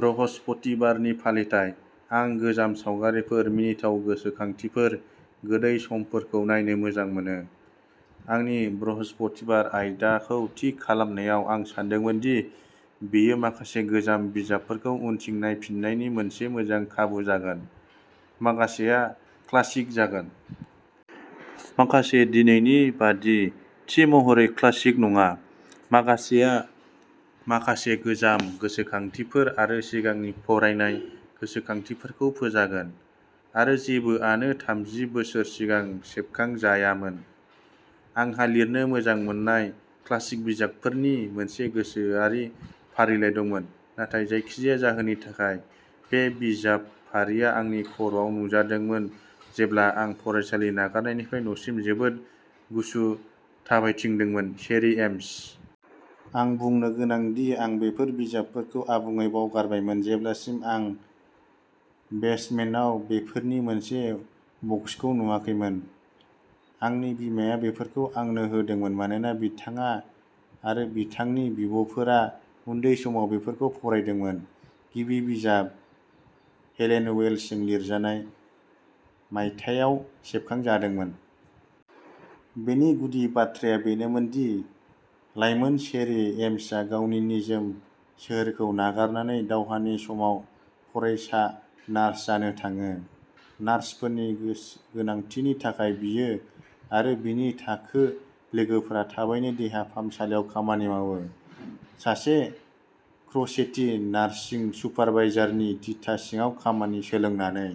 बृहस्पतिबारनि फालिथाय। आं गोजाम सावगारिफोर, मिनिथाव गोसोखांथिफोर, गोदै समफोरखौ नायनो मोजां मोनो। आंनि बृहस्पतिबारनि आयदाखौ थि खालामनायाव, आं सानदोंमोन दि बेयो माखासे गोजाम बिजाबफोरखौ उनथिं नायफिन्नायनि मोनसे मोजां खाबु जागोन। माखासेआ क्लासिक जागोन। माखासे दिनैनि बायदि, थि महरै क्लासिक नङा। माखासेया माखासे गोजाम गोसोखांथिफोर आरो सिगांनि फरायनाय गोसोखांथिफोरखौ फोजागोन। आरो जेबोआनो थामजि बोसोर सिगां सेबखांजायामोन। आंहा लिरनो मोजां मोन्नाय क्लासिक बिजाबफोरनि मोनसे गोसोआरि फारिलाइ दंमोन, नाथाय जायखिजाया जाहोननि थाखाय, बे बिजाब फारिआ आंनि खर'आव नुजादोंमोन जेब्ला आं फरायसालि नागारनायनिफ्राय न'सिम जोबोद गुसु थाबायथिंदोंमोन चेरी एम्स। आं बुंनो गोनां दि आं बेफोर बिजाबफोरखौ आबुङै बावगारबायमोन जेब्लासिम आं बेसमेन्टाव बेफोरनि मोनसे बक्सखौ नुवाखैमोन। आंनि बिमाया बेफोरखौ आंनो होदोंमोन मानोना बिथाङा आरो बिथांनि बिब'फोरा उन्दै समाव बेफोरखौ फरायदोंमोन। गिबि बिजाब, हेलेन वेल्सजों लिरजानाय, मायथाइयाव सेबखांजादोंमोन। बेनि गुदि बाथ्राया बेनोमोन दि लाइमोन चेरी एम्सआ गावनि निजोम सोहोरखौ नागारनानै दावहानि समाव फरायसा नार्स जानो थाङो। नार्सफोरनि गोनांथिनि थाखाय, बियो आरो बिनि थाखो लोगोफोरा थाबैनो देहा फाहामसालियाव खामानि मावो, सासे क्र'चेटी नार्सिं सुपारभाइजारनि दिथा सिङाव खामानि सोलोंनानै।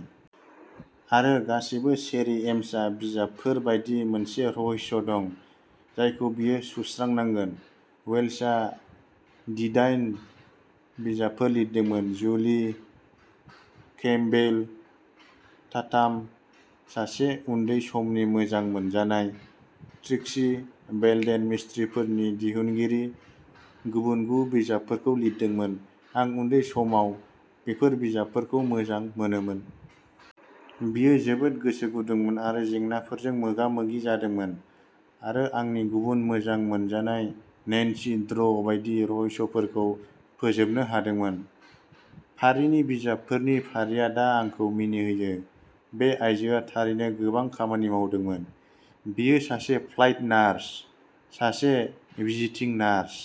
आरो, गासैबो चेरी एम्स बिजाबफोर बायदि, मोनसे रहस्य दं जायखौ बियो सुस्रांनांगोन। वेल्सआ दिदाइन बिजाबफोर लिरदोंमोन। जुलि कैम्पबेल टाथाम, सासे उन्दै समनि मोजां मोनजानाय, ट्रिक्सी बेल्डेन मिस्ट्रिफोरनि दिहुनगिरि, गुबुन गु बिजाबफोरखौ लिरदोंमोन। आं उन्दै समाव बेफोर बिजाबफोरखौ मोजां मोनोमोन। बियो जोबोद गोसो गुदुंमोन आरो जेंनाफोरजों मोगा-मोगि जादोंमोन आरो आंनि गुबुन मोजां मोनजानाय नैन्सी ड्रू बायदि, रहस्यफोरखौ फोजोबनो हादोंमोन। फारिनि बिजाबफोरनि फारिया दा आंखौ मिनिहोयो। बे आइजोआ थारैनो गोबां खामानि मावदोंमोन। बियो सासे फ्लाइट नार्स, सासे विजिटिं नार्स,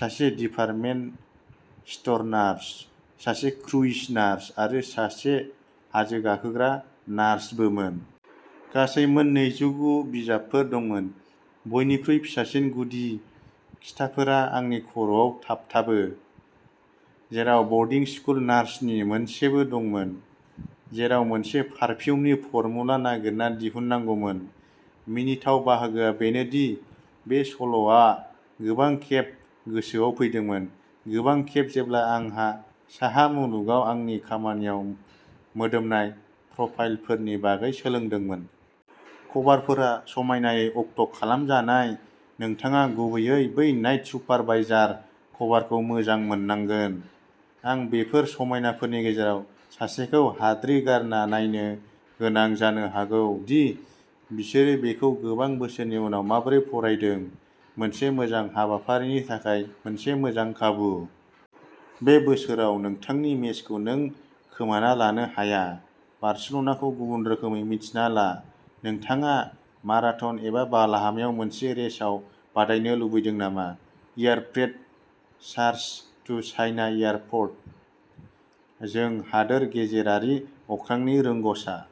सासे डिपार्टमेन्ट स्ट'र नार्स, सासे क्रुज नार्स, आरो सासे हाजो गाखोग्रा नार्सबोमोन। गासै मोन नैजिगु बिजाबफोर दंमोन। बयनिख्रुइ फिसासिन गुदि खिथाफोरा आंनि खर'आव थाबथाबो, जेराव बर्डिं स्कुल नार्स नि मोनसेबो दंमोन, जेराव मोनसे पारफिउमनि फर्मुला नागिरना दिहुननांगौमोन। मिनिथाव बाहागोआ बेनो दि बे सल'आ गोबां खेब गोसोआव फैदोंमोन, गोबां खेब जेब्ला आं साहा मुलुगाव आंनि खामानियाव मोदोमनाय प्रफाइलफोरनि बागै सोलोंदोंमोन। कभारफोरा समायनायै अक्ट' खालामजानाय नोंथाङा गुबैयै बै नाइट सुपारभाइजार कभारखौ मोजां मोननांगोन। आं बेफोर समायनाफोरनि गेजेराव सासेखौ हाद्रि गारना नायनो गोनां जानो हागौ दि बिसोरो बेखौ गोबां बोसोरनि उनाव माबोरै फरायदों। मोनसे मोजां हाबाफारिनि थाखाय मोनसे मोजां खाबु! बे बोसोराव नोंथांनि मेचखौ नों खोमाना लानो हाया बार्सिल'नाखौ गुबुन रोखोमै मिन्थिना ला। नोंथाङा मारथान एबा बालाहामायाव मोनसे रेसाव बादायनो लुबैदों नामा air freight charges to China airports. जों हादोर गेजेरारि अख्रांनि रोंग'सा।